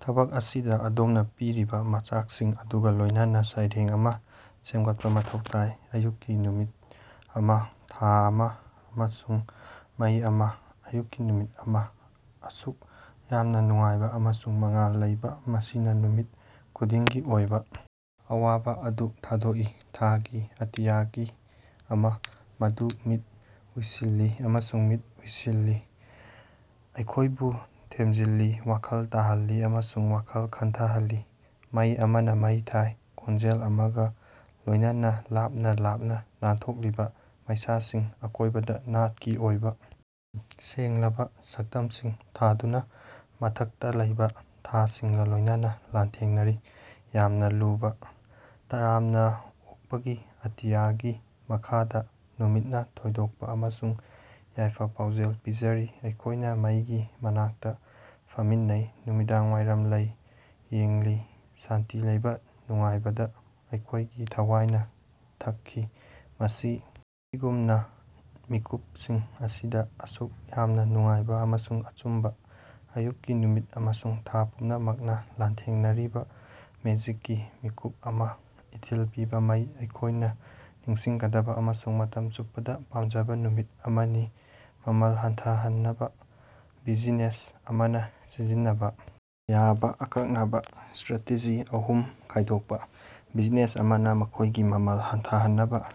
ꯊꯕꯛ ꯑꯁꯤꯗ ꯑꯗꯣꯝꯅ ꯄꯤꯔꯤꯕ ꯃꯆꯥꯛꯁꯤꯡ ꯑꯗꯨꯒ ꯂꯣꯏꯅꯅ ꯁꯩꯔꯦꯡ ꯑꯃ ꯁꯦꯃꯒꯠꯄꯥ ꯃꯊꯧ ꯇꯥꯏ꯫ ꯑꯌꯨꯛꯀꯤ ꯅꯨꯃꯤꯠ ꯑꯃ, ꯊꯥ ꯑꯃ, ꯑꯃꯁꯨꯡ ꯃꯩ ꯑꯃ꯫ ꯑꯌꯨꯛꯀꯤ ꯅꯨꯃꯤꯠ ꯑꯃ, ꯑꯁꯨꯛ ꯌꯥꯝꯅ ꯅꯨꯡꯉꯥꯏꯕ ꯑꯃꯁꯨꯡ ꯃꯉꯥꯜ ꯂꯩꯕ, ꯃꯁꯤꯅ ꯅꯨꯃꯤꯠ ꯈꯨꯗꯤꯡꯒꯤ ꯑꯣꯏꯕ ꯑꯋꯥꯕ ꯑꯗꯨ ꯊꯥꯗꯣꯛꯏ, ꯊꯥꯒꯤ ꯑꯇꯤꯌꯥ ꯑꯃ, ꯃꯗꯨ ꯃꯤꯠ ꯎꯏꯁꯤꯜꯂꯤ ꯑꯃꯁꯨꯡ ꯃꯤꯠ ꯎꯏꯁꯤꯜꯂꯤ, ꯑꯩꯈꯣꯏꯕꯨ ꯊꯦꯝꯖꯤꯜꯂꯤ, ꯋꯥꯈꯜ ꯇꯥꯍꯜꯂꯤ ꯑꯃꯁꯨꯡ ꯋꯥꯈꯜ ꯈꯟꯊꯍꯜꯂꯤ꯫ ꯃꯩ ꯑꯃꯅ ꯃꯩ ꯊꯥꯏ, ꯈꯣꯟꯖꯦꯜ ꯑꯃꯒ ꯂꯣꯏꯅꯅ, ꯂꯥꯞꯅ ꯂꯥꯞꯅ ꯅꯥꯟꯊꯣꯛꯂꯤꯕ ꯃꯩꯁꯥꯁꯤꯡ, ꯑꯀꯣꯏꯕꯗ ꯅꯥꯠꯀꯤ ꯑꯣꯏꯕ ꯁꯦꯡꯂꯕ ꯁꯛꯇꯝꯁꯤꯡ ꯊꯥꯗꯨꯅ, ꯃꯊꯛꯇ ꯂꯩꯕ ꯊꯥꯁꯤꯡꯒ ꯂꯣꯏꯅꯅ ꯂꯥꯟꯊꯦꯡꯅꯔꯤ, ꯌꯥꯝꯅ ꯂꯨꯕ꯫ ꯇꯔꯥꯝꯅꯥ ꯑꯣꯛꯄꯒꯤ ꯑꯇꯤꯌꯥꯒꯤ ꯃꯈꯥꯗ, ꯅꯨꯃꯤꯠꯅ ꯊꯣꯏꯗꯣꯛꯄꯥ ꯑꯃꯁꯨꯡ ꯌꯥꯏꯐ-ꯄꯥꯎꯖꯦꯜ ꯄꯤꯖꯔꯤ, ꯑꯩꯈꯣꯏꯅ ꯃꯩꯒꯤ ꯃꯅꯥꯛꯇ ꯐꯝꯃꯤꯟꯅꯩ, ꯅꯨꯃꯤꯗꯥꯡꯋꯥꯏꯔꯝ ꯂꯩ ꯌꯦꯡꯂꯤ, ꯁꯥꯟꯇꯤ ꯂꯩꯕ ꯅꯨꯡꯉꯥꯏꯕꯗ, ꯑꯩꯈꯣꯏꯒꯤ ꯊꯋꯥꯌꯅ ꯊꯛꯈꯤ꯫ ꯃꯁꯤ ꯑꯁꯤꯒꯨꯝꯕ ꯃꯤꯀꯨꯞꯁꯤꯡ ꯑꯁꯤꯗ, ꯑꯁꯨꯛ ꯌꯥꯝꯅ ꯅꯨꯡꯉꯥꯏꯕ ꯑꯃꯁꯨꯡ ꯑꯆꯨꯝꯕ, ꯑꯌꯨꯛꯀꯤ ꯅꯨꯃꯤꯠ ꯑꯃꯁꯨꯡ ꯊꯥ ꯄꯨꯝꯅꯃꯛꯅ ꯂꯥꯟꯊꯦꯡꯅꯔꯤꯕ, ꯃꯦꯖꯤꯛꯀꯤ ꯃꯤꯀꯨꯞ ꯑꯃꯥ, ꯏꯊꯤꯜ ꯄꯤꯕ ꯃꯩ, ꯑꯩꯈꯣꯏꯅ ꯅꯤꯡꯁꯤꯡꯒꯗꯕ, ꯑꯃꯁꯨꯡ ꯃꯇꯝ ꯆꯨꯞꯄꯗ ꯄꯥꯃꯖꯕ ꯅꯨꯃꯤꯠ ꯑꯃꯅꯤ꯫ ꯃꯃꯜ ꯍꯟꯊꯍꯟꯅꯕ ꯕꯤꯖꯤꯅꯦꯁ ꯑꯃꯅ ꯁꯤꯖꯤꯟꯅꯕ ꯌꯥꯕ ꯑꯀꯛꯅꯕ ꯁ꯭ꯇꯔꯥꯇꯦꯖꯤ ꯑꯍꯨꯝ ꯈꯪꯗꯣꯛꯄ꯫ ꯕꯤꯖꯤꯅꯦꯁ ꯑꯃꯅ ꯃꯈꯣꯏꯒꯤ ꯃꯃꯜ ꯍꯟꯊꯍꯟꯅꯕ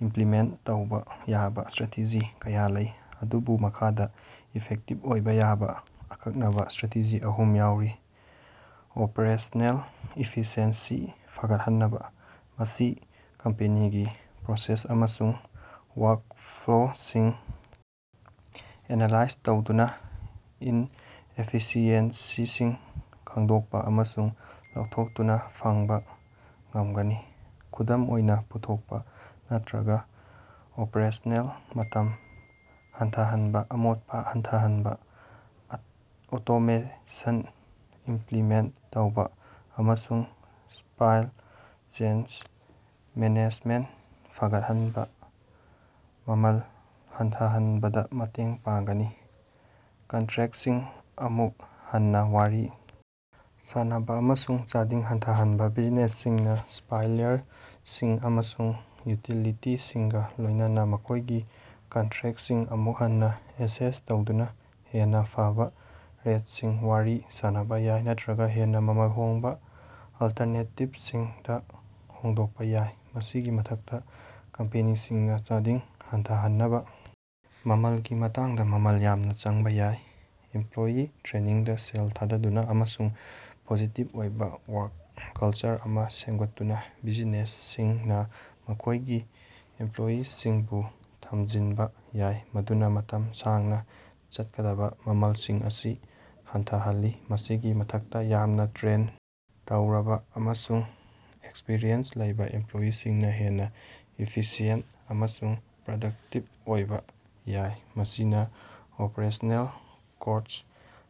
ꯏꯃꯄ꯭ꯂꯤꯃꯦꯟꯠ ꯇꯧꯕ ꯌꯥꯕ ꯁ꯭ꯇꯔꯦꯇꯦꯖꯤ ꯀꯌꯥ ꯂꯩ, ꯑꯗꯨꯕꯨ ꯃꯈꯥꯗ ꯏꯐꯦꯛꯇꯤꯕ ꯑꯣꯏꯕ ꯌꯥꯕ ꯑꯀꯛꯅꯕ ꯁ꯭ꯇꯔꯦꯇꯦꯖꯤ ꯑꯍꯨꯝ ꯌꯥꯎꯔꯤ: ꯑꯣꯄꯔꯦꯁꯅꯦꯜ ꯏꯐꯤꯁꯤꯑꯦꯟꯁꯤ ꯐꯒꯠꯍꯟꯕ: ꯃꯁꯤ ꯀꯝꯄꯦꯅꯤꯒꯤ ꯄ꯭ꯔꯣꯁꯦꯁ ꯑꯃꯁꯨꯡ ꯋꯥ꯭ꯔꯛꯐ꯭ꯂꯣꯁꯤꯡ ꯑꯦꯅꯥꯂꯥꯏꯖ ꯇꯧꯗꯨꯅ ꯏꯟꯑꯦꯐꯤꯁꯤꯑꯦꯟꯁꯤꯁꯤꯡ ꯈꯪꯗꯣꯛꯄ ꯑꯃꯁꯨꯡ ꯂꯧꯊꯣꯛꯇꯨꯅꯥ ꯐꯪꯕ ꯉꯝꯒꯅꯤ꯫ ꯈꯨꯗꯝ ꯑꯣꯏꯅ, ꯄꯨꯊꯣꯛꯄ ꯅꯠꯇꯔꯒ ꯑꯣꯄꯔꯦꯁꯅꯦꯜ ꯃꯇꯝ ꯍꯟꯊꯍꯟꯕ, ꯑꯃꯣꯠꯄ ꯍꯟꯊꯍꯟꯕ, ꯑꯣꯇꯣꯃꯦꯁꯟ ꯏꯃꯞꯂꯤꯃꯦꯟꯠ ꯇꯧꯕ, ꯑꯃꯁꯨꯡ ꯁꯄ꯭ꯂꯥꯏ ꯆꯦꯟ ꯃꯦꯅꯦꯖꯃꯦꯟꯠ ꯐꯒꯠꯍꯟꯕꯅ ꯃꯃꯜ ꯍꯟꯊꯍꯟꯕꯗ ꯃꯇꯦꯡ ꯄꯥꯡꯒꯅꯤ꯫ ꯀꯟꯇ꯭ꯔꯦꯛꯁꯤꯡ ꯑꯃꯨꯛ ꯍꯟꯅꯥ ꯋꯥꯔꯤ ꯁꯥꯅꯕ ꯑꯃꯁꯨꯡ ꯆꯥꯗꯤꯡ ꯍꯟꯊꯍꯟꯕ: ꯕꯤꯖꯤꯅꯦꯁꯁꯤꯡꯅ ꯁꯄ꯭ꯂꯥꯏꯌꯔꯁꯤꯡ ꯑꯃꯁꯨꯡ ꯌꯨꯇꯤꯂꯤꯇꯤꯁꯤꯡꯒ ꯂꯣꯏꯅꯅ ꯃꯈꯣꯏꯒꯤ ꯀꯟꯇ꯭ꯔꯦꯛꯁꯤꯡ ꯑꯃꯨꯛ ꯍꯟꯅ ꯑꯦꯁꯦꯁ ꯇꯧꯗꯨꯅ ꯍꯦꯟꯅ ꯐꯕ ꯔꯦꯠꯁꯤꯡ ꯋꯥꯔꯤ ꯁꯥꯅꯕ ꯌꯥꯏ ꯅꯠꯇꯔꯒ ꯍꯦꯟꯅ ꯃꯃꯜ ꯍꯣꯡꯕ ꯑꯜꯇꯔꯅꯦꯇꯤꯕꯁꯤꯡꯗ ꯍꯣꯡꯗꯣꯛꯄ ꯌꯥꯏ꯫ ꯃꯁꯤꯒꯤ ꯃꯊꯛꯇ, ꯀꯝꯄꯦꯅꯤꯁꯤꯡꯅ ꯆꯥꯗꯤꯡ ꯍꯟꯊꯍꯟꯅꯕ ꯃꯃꯜꯒꯤ ꯃꯇꯥꯡꯗ ꯃꯃꯜ ꯌꯥꯝꯅ ꯆꯪꯕ ꯌꯥꯏ꯫ ꯏꯃꯄ꯭ꯂꯣꯌꯤ ꯇ꯭ꯔꯦꯅꯤꯡꯗ ꯁꯦꯜ ꯊꯥꯗꯗꯨꯅ ꯑꯃꯁꯨꯡ ꯄꯣꯖꯤꯇꯤꯚ ꯑꯣꯏꯕ ꯋꯥ꯭ꯔꯛ ꯀꯜꯆꯔ ꯑꯃ ꯁꯦꯝꯒꯠꯇꯨꯅ, ꯕꯤꯖꯤꯅꯦꯁꯁꯤꯡꯅ ꯃꯈꯣꯏꯒꯤ ꯏꯃꯄ꯭ꯂꯣꯌꯤꯁꯤꯡꯕꯨ ꯊꯃꯖꯤꯟꯕ ꯌꯥꯏ, ꯃꯗꯨꯅ ꯃꯇꯝ ꯁꯥꯡꯅ ꯆꯠꯀꯗꯕ ꯃꯃꯜꯁꯤꯡ ꯑꯁꯤ ꯍꯟꯊꯍꯜꯂꯤ꯫ ꯃꯁꯤꯒꯤ ꯃꯊꯛꯇ, ꯌꯥꯝꯅ ꯇ꯭ꯔꯦꯟ ꯇꯧꯔꯕ ꯑꯃꯁꯨꯡ ꯑꯦꯛꯁꯄꯔꯤꯌꯦꯟꯁ ꯂꯩꯕ ꯏꯃꯄ꯭ꯂꯣꯌꯤꯁꯤꯡꯅ ꯍꯦꯟꯅ ꯏꯐꯤꯁꯤꯌꯦꯟꯠ ꯑꯃꯁꯨꯡ ꯄ꯭ꯔꯗꯛꯇꯤꯕ ꯑꯣꯏꯕ ꯌꯥꯏ, ꯃꯁꯤꯅ ꯑꯣꯄꯔꯦꯁꯅꯦꯜ ꯀꯣꯁ꯭ꯠ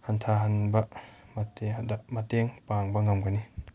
ꯍꯟꯊꯍꯟꯕꯗ ꯃꯇꯦꯡ ꯄꯥꯡꯕ ꯉꯝꯒꯅꯤ꯫